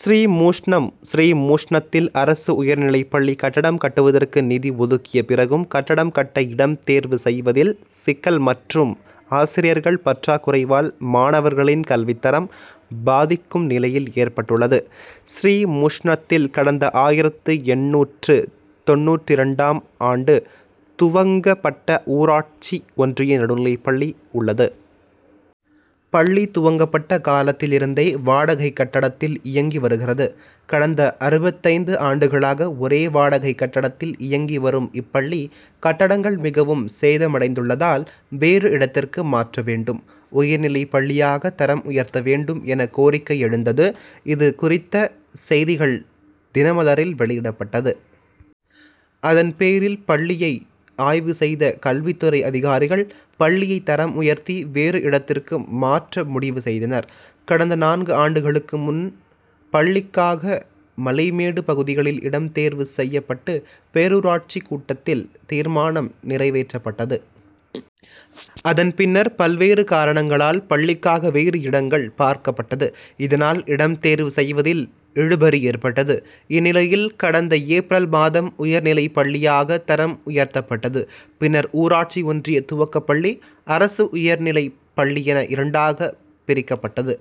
ஸ்ரீமுஷ்ணம் ஸ்ரீமுஷ்ணத்தில் அரசு உயர்நிலைப் பள்ளி கட்டடம் கட்டுவதற்கு நிதி ஒதுக்கிய பிறகும் கட்டடம் கட்ட இடம் தேர்வு செய்வதில் சிக்கல் மற் றும் ஆசிரியர்கள் பற்றாக் குறையால் மாணவர்களின் கல்வித்தரம் பாதிக் கும் நிலை ஏற்பட் டுள்ளது. ஸ்ரீமுஷ்ணத்தில் கடந்த ஆயிரத்து எண்ணூற்று தொண்ணூற்றிரண்டாம் ஆண்டு துவங்கப் பட்ட ஊராட்சி ஒன்றிய நடுநிலைப்பள்ளி உள்ளது. பள்ளி துவங்கப்பட்ட காலத்திலிருந்தே வாடகை கட்டடத்தில் இயங்கி வருகிறது. கடந்த அறுபத்தைந்து ஆண்டுகளாக ஒரே வாடகை கட்டடத்தில் இயங்கி வரும் இப்பள்ளி கட்டடங்கள் மிகவும் சேதமடைந்துள்ளதால் வேறு இடத்திற்கு மாற்ற வேண்டும். உயர்நிலைப் பள்ளியாக தரம் உயர்த்த வேண்டும் என கோரிக்கை எழுந்தது. இது குறித்த செய்திகள் தினமலரில் வெளியிடப்பட்டது. அதன் பேரில் பள்ளியை ஆய்வு செய்த கல்வித் துறை அதிகாரிகள், பள் ளியை தரம் உயர்த்தி வேறு இடத்திற்கு மாற்ற முடிவு செய்தனர். கடந்த நான்கு ஆண்டுகளுக்கு முன் பள் ளிக்காக மலைமேடு பகுதியில் இடம் தேர்வு செய்யப் பட்டு பேரூராட்சி கூட்டத் தில் தீர்மானம் நிறைவேற் றப்பட்டது. அதன் பின்னர் பல்வேறு காரணங் களால் பள்ளிக்காக வேறு இடங் கள் பார்க்கப்பட் டது. இதனால் இடம் தேர்வு செய்வதில் இழுபறி ஏற்பட்டது. இந்நிலையில் கடந்த ஏப்ரல் மாதம் உயர்நிலைப் பள்ளியாக தரம் உயர்த்தப் பட்டது. பின்னர் ஊராட்சி ஒன்றிய துவக்கப் பள்ளி, அரசு உயர்நிலைப் பள்ளி என இரண்டாக பிரிக்கப் பட்டது.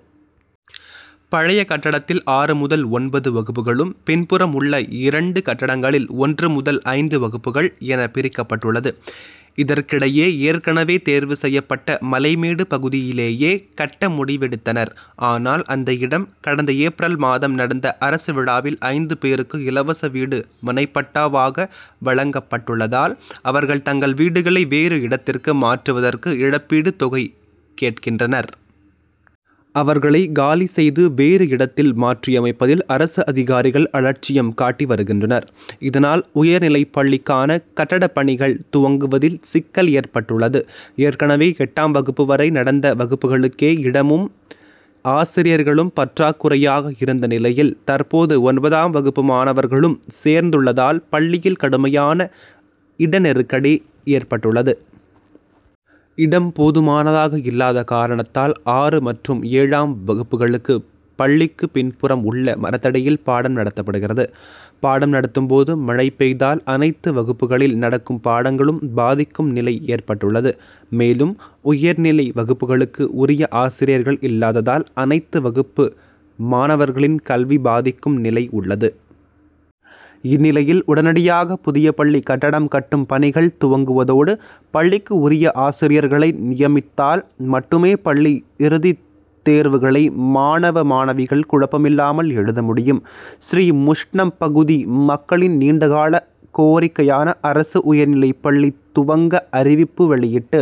பழைய கட்டடத்தில் ஆறு முதல் ஒன்பது வகுப்புகளும், பின்புறம் உள்ள இரண்டு கட்டடங்களில் ஒன்று முதல் ஐந்து வகுப்புகள் என பிரிக்கப்பட்டுள்ளது. இதற்கிடையே ஏற்கனவே தேர்வு செய்யப் பட்ட மலைமேடு பகுதியிலேயே கட்ட முடிவெடுத் தனர். ஆனால், அந்த இடம் கடந்த ஏப்ரல் மாதம் நடந்த அரசு விழாவில் ஐந்து பேருக்கு இலவச வீட்டு மனைப்பட் டா வாக வழங்கப்பட்டுள்ளதால் அவர்கள் தங்கள் வீடுகளை வேறு இடத் திற்கு மாற்றுவதற்கான இழப் பீட்டு தொகை கேட்கின்றனர். அவர்களை காலி செய்து வேறு இடத்தில் மாற்றியமைப்பதில் அரசு அதிகாரிகள் அலட்சியம் காட்டி வருகின்றனர். இதனால் உயர்நிலைப் பள்ளிக் கான கட்டடப் பணிகள் துவங்குவதில் சிக்கல் ஏற் பட்டுள்ளது. ஏற்கனவே எட்டாம் வகுப்பு வரை நடந்த வகுப்புகளுக்கே இடமும், ஆசிரியர்களும் பற்றாக்குறையாக இருந்த நிலையில் தற்போது ஒன்பதாம் வகுப்பு மாணவர்களும் சேர்ந்துள் ளதால் பள்ளியில் கடுமையான இட நெருக்கடி ஏற் பட்டுள்ளது. இடம் போதுமானதாக இல்லாத காரணத்தால் ஆறு மற்றும் ஏழாம் வகுப்புகளுக்கு பள்ளிக்கு பின்புறம் உள்ள மரத்தடியில் பாடம் நடத்தப்படுகிறது. பாடம் நடத்தும் போது மழை பெய்தால் அனைத்து வகுப்புகளில் நடக்கும் பாடங்களும் பாதிக்கும் நிலை ஏற்பட் டுள்ளது. மேலும் உயர் நிலை வகுப்புகளுக்கு உரிய ஆசிரியர்கள் இல்லாததால் அனைத்து வகுப்பு மாணவர்களின் கல்வி பாதிக்கும் நிலை உள்ளது. இந்நிலையில் உடனடியாக புதிய பள்ளி கட்டடம் கட்டும் பணிகள் துவங்குவதோடு பள்ளிக்கு உரிய ஆசிரியர்களை நியமித் தால் மட்டுமே பள்ளி இறுதித் தேர்வுகளை மாணவ, மாணவிகள் குழப்பமில்லாமல் எழுத முடியும். ஸ்ரீமுஷ்ணம் பகுதி மக்களின் நீண்டகால கோரிக் கையான அரசு உயர்நிலைப் பள்ளி துவங்க அறிவிப்பு வெளியிட்டு,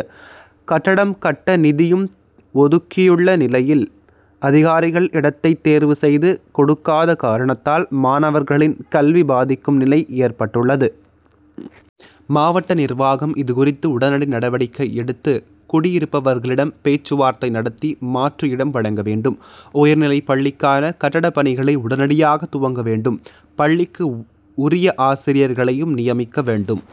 கட்டடம் கட்ட நிதியும் ஒதுக்கியுள்ள நிலையில் அதிகாரிகள் இடத்தை தேர்வு செய்து கொடுக்காத காரணத்தால் மாணவர்களின் கல்வி பாதிக்கும் நிலை ஏற்பட்டுள்ளது. மாவட்ட நிர்வாகம் இது குறித்து உடனடி நடவடிக்கை எடுத்து குடியிருப்பவர்களிடம் பேச்சுவார்த்தை நடத்தி மாற்று இடம் வழங்க வேண்டும். உயர்நிலைப் பள்ளிக்கான கட்டடப் பணிகளை உடனடியாக துவங்க வேண் டும். பள்ளிக்கு உரிய ஆசிரியர்களையும் நியமிக்க வேண்டும்.